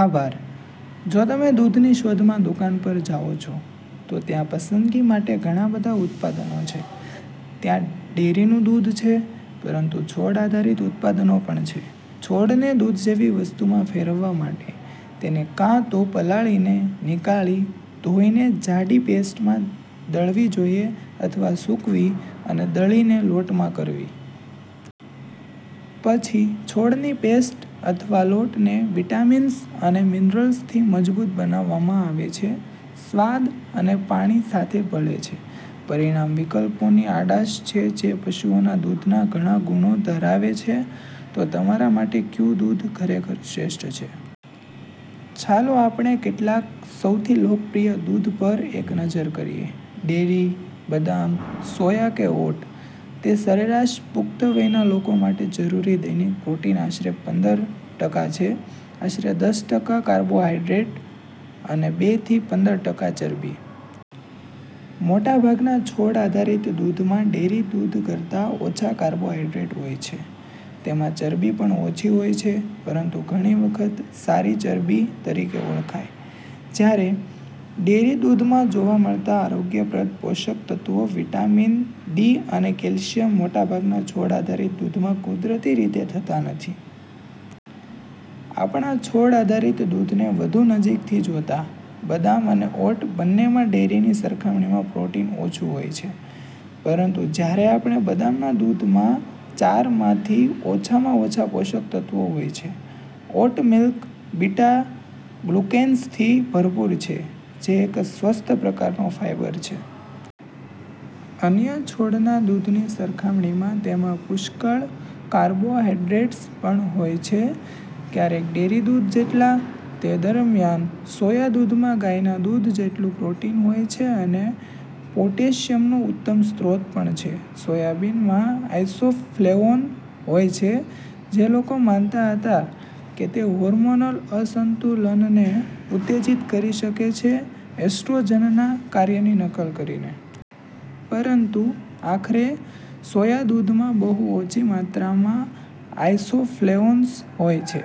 આભાર. જો તમે દૂધની શોધમાં દુકાન પર જાઓ છો, તો ત્યાં પસંદગી માટે ઘણા બધા ઉત્પાદનો છે. ત્યાં ડેરીનું દૂધ છે, પરંતુ છોડ આધારિત ઉત્પાદનો પણ છે. છોડને દૂધ જેવી વસ્તુમાં ફેરવવા માટે, તેને કાં તો પલાળીને, નીકાળી, ધોઈને જાડી પેસ્ટમાં દળવી જોઈએ, અથવા સૂકવી, અને દળીને લોટમાં કરવી. પછી છોડની પેસ્ટ અથવા લોટને વિટામિન્સ અને મિનરલ્સથી મજબૂત બનાવવામાં આવે છે, સ્વાદ, અને પાણી સાથે ભળે છે. પરિણામ વિકલ્પોની આડશ છે જે પશુઓના દૂધના ઘણા ગુણો ધરાવે છે. તો તમારા માટે કયું દૂધ ખરેખર શ્રેષ્ઠ છે? ચાલો આપણે કેટલાક સૌથી લોકપ્રિય દૂધ પર એક નજર કરીએ: ડેરી, બદામ, સોયા કે ઓટ? તે સરેરાશ પુખ્ત વયના લોકો માટે જરૂરી દૈનિક પ્રોટીન આશરે પંદર ટકા છે, આશરે દસ ટકા કાર્બોહાઈડ્રેટ અને બે થી પંદર ટકા ચરબી. મોટાભાગના છોડ આધારિત દૂધમાં ડેરી દૂધ કરતાં ઓછા કાર્બોહાઇડ્રેટ હોય છે. તેમાં ચરબી પણ ઓછી હોય છે, પરંતુ ઘણી વખત "સારી ચરબી" તરીકે ઓળખાય. જ્યારે, ડેરી દૂધમાં જોવા મળતા આરોગ્યપ્રદ પોષક તત્વો વિટામિન ડી અને કેલ્શિયમ મોટાભાગના છોડ આધારિત દૂધમાં કુદરતી રીતે થતા નથી. આપણા છોડ આધારિત દૂધને વધુ નજીકથી જોતાં, બદામ અને ઓટ બંનેમાં ડેરીની સરખામણીમાં પ્રોટીન ઓછું હોય છે. પરંતુ જ્યારે બદામના દૂધમાં ચારમાંથી ઓછામાં ઓછા પોષક તત્વો હોય છે, ઓટ મિલ્ક બીટા-ગ્લુકેન્સથી ભરપૂર છે, જે એક સ્વસ્થ પ્રકારનો ફાઇબર છે. અન્ય છોડના દૂધની સરખામણીમાં તેમાં પુષ્કળ કાર્બોહાઇડ્રેટ્સ પણ હોય છે- ક્યારેક ડેરી દૂધ જેટલા. તે દરમિયાન, સોયા દૂધમાં ગાયના દૂધ જેટલું પ્રોટીન હોય છે અને પોટેશિયમનો ઉત્તમ સ્ત્રોત પણ છે. સોયાબીનમાં આઇસોફ્લેવોન હોય છે, જે લોકો માનતા હતા કે, તે હોર્મોનલ અસંતુલનને ઉત્તેજિત કરી શકે છે એસ્ટ્રોજનના કાર્યની નકલ કરીને. પરંતુ આખરે, સોયા દૂધમાં બહુ ઓછી માત્રામાં આઇસોફ્લેવોન્સ હોય છે,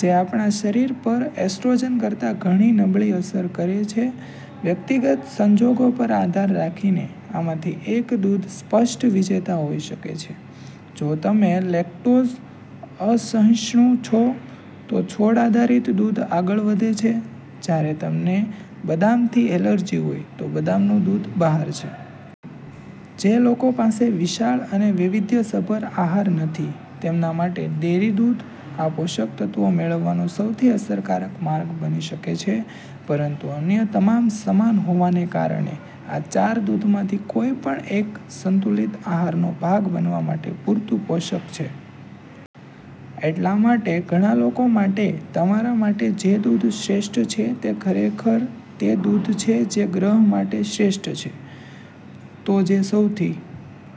જે આપણા શરીર પર એસ્ટ્રોજન કરતાં ઘણી નબળી અસર કરે છે. વ્યક્તિગત સંજોગો પર આધાર રાખીને, આમાંથી એક દૂધ સ્પષ્ટ વિજેતા હોઈ શકે છે: જો તમે લેક્ટોઝ અસહિષ્ણુ છો, તો છોડ આધારિત દૂધ આગળ વધે છે, જ્યારે તમને બદામથી એલર્જી હોય, તો બદામનું દૂધ બહાર છે. જે લોકો પાસે વિશાળ અને વૈવિધ્યસભર આહાર નથી, તેમના માટે ડેરી દૂધ, આ પોષક તત્વો મેળવવાનો સૌથી અસરકારક માર્ગ બની શકે છે પરંતુ અન્ય તમામ સમાન હોવાને કારણે, આ ચાર દૂધમાંથી કોઈપણ એક સંતુલિત આહારનો ભાગ બનવા માટે પૂરતું પોષક છે. એટલા માટે ઘણા લોકો માટે, તમારા માટે જે દૂધ શ્રેષ્ઠ છે તે ખરેખર તે દૂધ છે જે ગ્રહ માટે શ્રેષ્ઠ છે. તો જે સૌથી